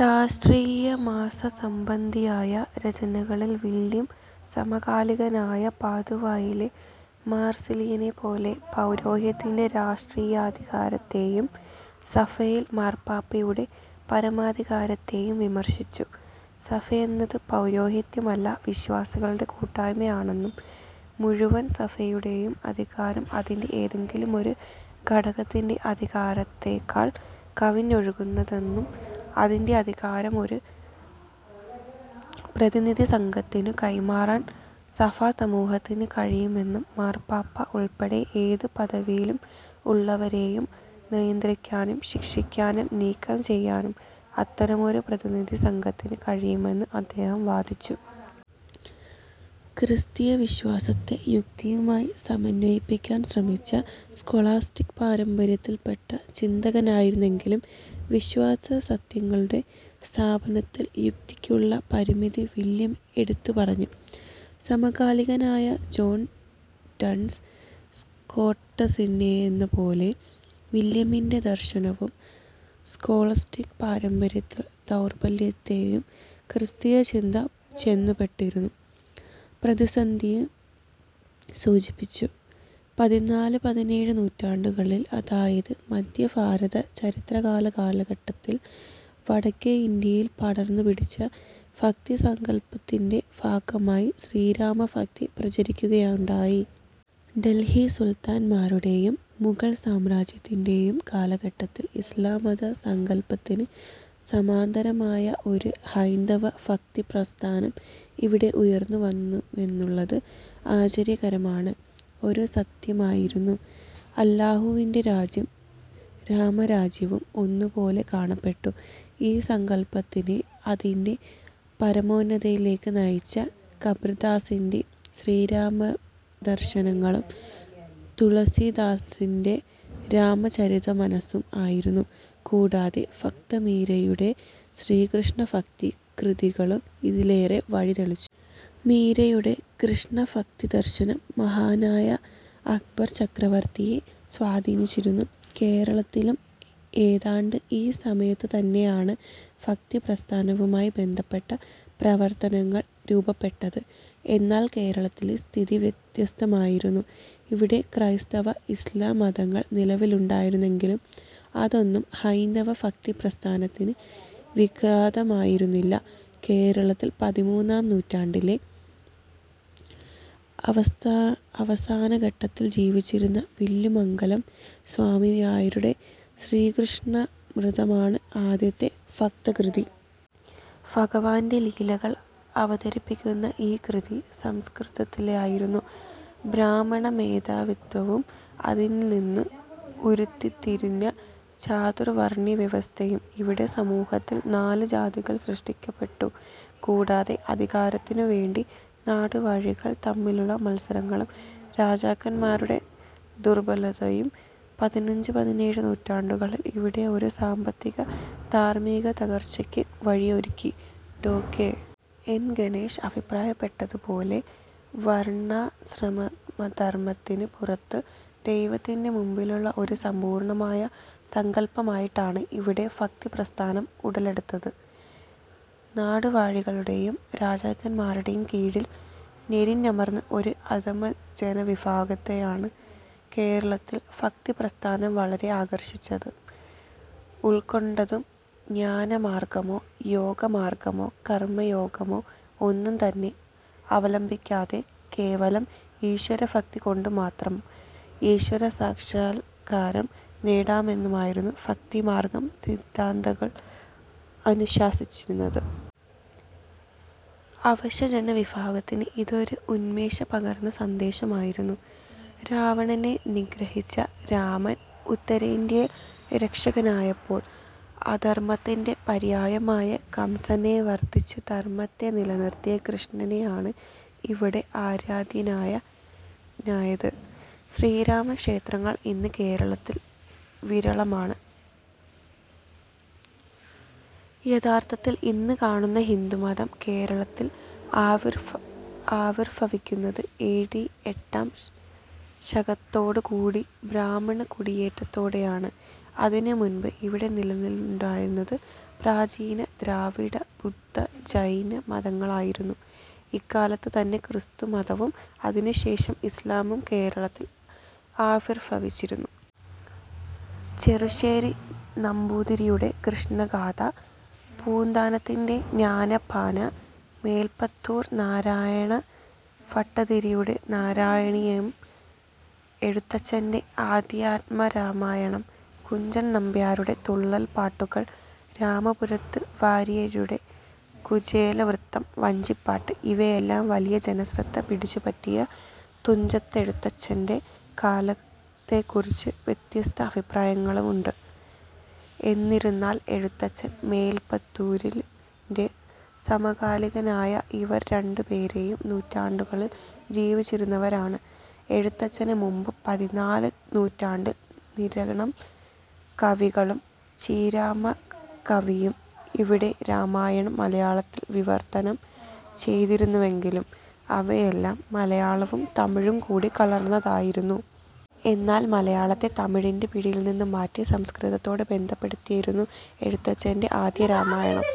രാഷ്ട്രമീമാസാസംബന്ധിയായ രചനകളിൽ വില്യം, സമകാലീനനായ പാദുവയിലെ മാർസിലിയസിനെപ്പോലെ, പൗരോഹിത്യത്തിന്റെ രാഷ്ട്രീയാധികാരത്തേയും സഭയിൽ മാർപ്പാപ്പായുടെ പരമാധികാരത്തേയും വിമർശിച്ചു. സഭയെന്നത് പൗരോഹിത്യമല്ല വിശ്വാസികളുടെ കൂട്ടായ്മയാണെന്നും മുഴുവൻ സഭയുടേയും അധികാരം അതിന്റെ ഏതെങ്കിലും ഒരു ഘടകത്തിന്റെ അധികാരത്തേക്കൾ കവിഞ്ഞതാണെന്നും അതിന്റെ അധികാരം ഒരു പ്രതിനിധിസംഘത്തിനു കൈമാറാൻ സഭാസമൂഹത്തിനു കഴിയുമെന്നും മാർപ്പാപ്പ ഉൾപ്പെടെ ഏത് പദവിയിൽ ഉള്ളവരേയും നിയന്ത്രിക്കാനും ശിക്ഷിക്കാനും നീക്കം ചെയ്യാനും അത്തരമൊരു പ്രതിനിധിസംഘത്തിനു കഴിയുമെന്നും അദ്ദേഹം വാദിച്ചു. ക്രിസ്തീയവിശ്വാസത്തെ യുക്തിയുമായി സമന്വയിപ്പിക്കാൻ ശ്രമിച്ച സ്കൊളാസ്റ്റിക് പാരമ്പര്യത്തിൽ പെട്ട ചിന്തകനായിരുന്നെങ്കിലും വിശ്വാസസത്യങ്ങളുടെ സ്ഥാപനത്തിൽ യുക്തിക്കുള്ള പരിമിതി വില്യം എടുത്തുപറഞ്ഞു. സമകാലീനനായ ജോൺ ഡൺസ് സ്കോട്ടസിന്റെയെന്നപോലെ വില്യമിന്റെ ദർശനവും സ്കൊളാസ്റ്റിക് പാരമ്പര്യത്തിന്റെ ദൗർബല്യത്തേയും ക്രിസ്തീയചിന്ത ചെന്നുപെട്ടിരുന്ന പ്രതിസന്ധിയേയും സൂചിപ്പിച്ചു. പതിനാല് പതിനേഴ് നൂറ്റാണ്ടുകളിൽ അതായതു മദ്ധ്യഭാരത ചരിത്രകാല ഘട്ടത്തിൽ വടക്കേ ഇന്ത്യയിൽ പടർന്നു പിടിച്ച ഭക്തിസങ്കൽപ്പത്തിൻറെ ഭാഗമായി ശ്രീരാമ ഭക്തി പ്രചരിക്കുകയുണ്ടായി. ഡൽഹി സുൽത്താന്മാരുടേയും മുഗൾ സാമ്രാജ്യത്തിൻറെയും കാലഘട്ടത്തിൽ ഇസ്ലാംമത സങ്കൽപ്പത്തിന് സമാന്തരമായ ഒരു ഹൈന്ദവ ഭക്തിപ്രസ്ഥാനം ഇവിടെ ഉയർന്നുവന്നുവെന്നുള്ളത് ആശ്ചര്യകരമായ ഒരു സത്യമായിരുന്നു. അല്ലാഹുവിൻറെ രാജ്യവും രാമരാജ്യവും ഒന്നുപോലെ കാണപ്പെട്ടു. ഈ സങ്കല്പ്പത്തിനെ അതിൻറെ പരമോന്നതിയിലേക്ക് നയിച്ചത് കബിർദാസിൻറെ ശ്രീരാമദർശനങ്ങളും തുളസിദാസിൻറെ രാമചരിതമാനസ്സും ആയിരുന്നു. കൂടാത ഭക്തമീരയുടെ ശ്രീകൃഷ്ണഭക്തി കൃതികളും ഇതിലേക്ക് വഴി തെളിച്ചു. മീരയുടെ കൃഷ്ണഭക്തിദർശനങ്ങൾ മഹാനായ അക്ബർ ചക്രവർത്തിയെ സ്വാധീനിച്ചിരുന്നു. കേരളത്തിലും ഏതാണ്ട് ഈ സമയത്തുതന്നെയാണ് ഭക്തിപ്രസ്ഥനവുമായി ബന്ധപ്പെട്ട പ്രവർത്തനങ്ങൾ രൂപപ്പെട്ടത്. എന്നാൽ കേരളത്തിലെ സ്ഥിതി വ്യത്യസ്തമായിരുന്നു, ഇവിടെ ക്രൈസ്തവ – ഇസ്ലാം മതങ്ങൾ നിലവിലുണ്ടായിരുന്നെങ്കിലും അതൊന്നും ഹൈന്ദവ ഭക്തിപ്രസ്ഥാനത്തിന് വിഘാതമായിരുന്നില്ല. കേരളത്തിൽ പതിമൂന്നാം നൂറ്റാണ്ടിൻറെ അവസാനഘട്ടത്തിൽ ജീവിച്ചിരുന്ന വില്ലുമംഗലം സ്വാമിയാരുടെ ശ്രീകൃഷ്ണാമൃതമാണ് ആദ്യത്തെ ഭക്തകൃതി. ഭഗവാൻറെ ലീലകൾ അവതരിപ്പിക്കുന്ന ഈ കൃതി സംസ്കൃതത്തിലായിരുന്നു. ബ്രാഹ്മണ മേധാവിത്വവും അതിൽനിന്നു ഉരുത്തിതിരിഞ്ഞ ചാതുർവർണ്ണ്യവ്യവസ്ഥയും ഇവിടെ സമൂഹത്തിൽ നാല് ജാതികൾ സൃഷ്ടിക്കപ്പെട്ടു, കൂടാതെ അധികാരത്തിനുവേണ്ടി നാടുവാഴികൾ തമ്മിലുള്ള മത്സരങ്ങളും രാജാക്കന്മാരുടെ ദുർബലതയും പതിനഞ്ചു പതിനേഴു നൂറ്റാണ്ടുകളിൽ ഇവിടെ ഒരു സാമ്പത്തിക- ധാർമ്മികതകർച്ചയ്ക്ക് വഴിയൊരുക്കി ഡോ കെ.. എൻ ഗണേഷ് അഭിപ്രായപ്പെട്ടപോലെ വർണ്ണാശ്രമധർമത്തിന് പുറത്തു ദൈവത്തിൻറെ മുമ്പിലുള്ള ഒരു സമ്പൂർണമായ സങ്കല്പ്പമായിട്ടാണ് ഇവിടെ ഭക്തിപ്രസ്ഥാനം ഉടലെടുത്തത് നാടുവാഴികളുടെയും രാജാക്കന്മാരുടേയും കീഴിൽ ഞെരിഞമർന്ന ഒരു അധമജനവിഭാഗത്തെയാണ് കേരളത്തിൽ ഭക്തിപ്രസ്ഥാനം വളരെ ആകർഷിച്ചതും ഉൾക്കൊണ്ടതും ജ്ഞാനമാർഗ്ഗമോ യോഗമാർഗ്ഗമോ കർമ്മയോഗമോ ഒന്നും തന്നെ അവലംബിക്കാതെ കേവലം ഈശ്വരഭക്തി കൊണ്ടുമാത്രം ഈശ്വരസാക്ഷൽക്കാരം നേടാമെന്നതായിരുന്നു ഭക്തിമാർഗ്ഗ സിദ്ധാന്തങ്ങൾ അനുശാസിച്ചിരുന്നത്. അവശജനവിഭാഗത്തിന് ഇതൊരൂ ഉന്മേഷ പകർന്ന സന്ദേശമായിരുന്നു. രാവണനെ നിഗ്രഹിച്ച രാമൻ ഉത്തരേന്ത്യയിൽ രക്ഷകനായപ്പോൾ അധർമ്മത്തിൻറെ പര്യായമായ കംസനെ വധിച്ചു ധർമ്മത്തെ നിലനിർത്തിയ കൃഷ്ണനാണ് ഇവിടെ ആരാധ്യനായത്. ശ്രീരാമക്ഷേത്രങ്ങൾ ഇന്ന് കേരളത്തിൽ വിരളമാണ്. യഥാർഥത്തിൽ ഇന്ന് കാണുന്ന ഹിന്ദുമതം കേരളത്തിൽ ആവിർഭവിക്കുന്നത് എ, ഡി, എട്ടാം ശതകത്തോട് കൂടിയ ബ്രാഹ്മണ കുടിയേറ്റത്തോടെയാണ് അതിനു മുൻപ് ഇവിടെ നിലവിലുണ്ടായിരുന്നത് പ്രാചീന ദ്രാവിഡ, ബുദ്ധ-ജൈന മതങ്ങളായിരുന്നു, ഇക്കാലത്ത് തന്നെ ക്രിസ്തു മതവും അതിനുശേഷം ഇസ്ലാമും കേരളത്തിൽ ആവിർഭവിച്ചിരുന്നു. ചെറുശ്ശേരി നമ്പുതിരിയുടെ കൃഷ്ണഗാഥ, പൂന്താനത്തിൻറെ, ജ്ഞാനപ്പാന, മേൽപ്പത്തൂർ നാരായണ ഭട്ടതിരിയുടെ നാരായണീയം, എഴുത്തച്ഛൻറെ അദ്ധ്യാത്മരാമായണം, കുഞ്ചൻ നമ്പിയാരുടെ തുള്ളൽപ്പാട്ടുകൾ, രാമപുരത്തു വാരിയരുടെ കുചേലവൃത്തം വഞ്ചിപ്പാട്ട് ഇവയെല്ലാം വലിയ ജനശ്രദ്ധ പിടിച്ചുപറ്റി തുഞ്ചത്ത് എഴുത്തച്ഛൻറെ കാലത്തെക്കുറിച്ച് വ്യത്യസ്ത അഭിപ്രായങ്ങളുണ്ട്, എന്നിരുന്നാലും എഴുത്തച്ഛൻ മേൽപ്പത്തൂരിൻറെ സമകാലികനാണ്, ഇവർ രണ്ടുപേരും നൂറ്റാണ്ടുകളിൽ ജീവിച്ചിരുന്നവരാണ്, എഴുത്തച്ഛനു മുമ്പ് പതിനാലാം നൂടണ്ടിൽ നിരണം കവികളും ചീരാമ കവിയും ഇവിടെ രാമായണം മലയാളത്തിൽ വിവർത്തനം ചെയ്തിരുന്നുവെങ്കിലും അവയെല്ലാം മലയാളവും തമിഴും കൂടി കലർന്നതായിരുന്നു. എന്നാൽ മലയാളത്തെ തമിഴിൻറെ പിടിയിൽ നിന്നും മാറ്റി, സംസ്കൃതത്തോട് ബന്ധപ്പെടുത്തിയതായിരുന്നു എഴുത്തച്ഛൻറെ അദ്ധ്യാത്മരാമായണം.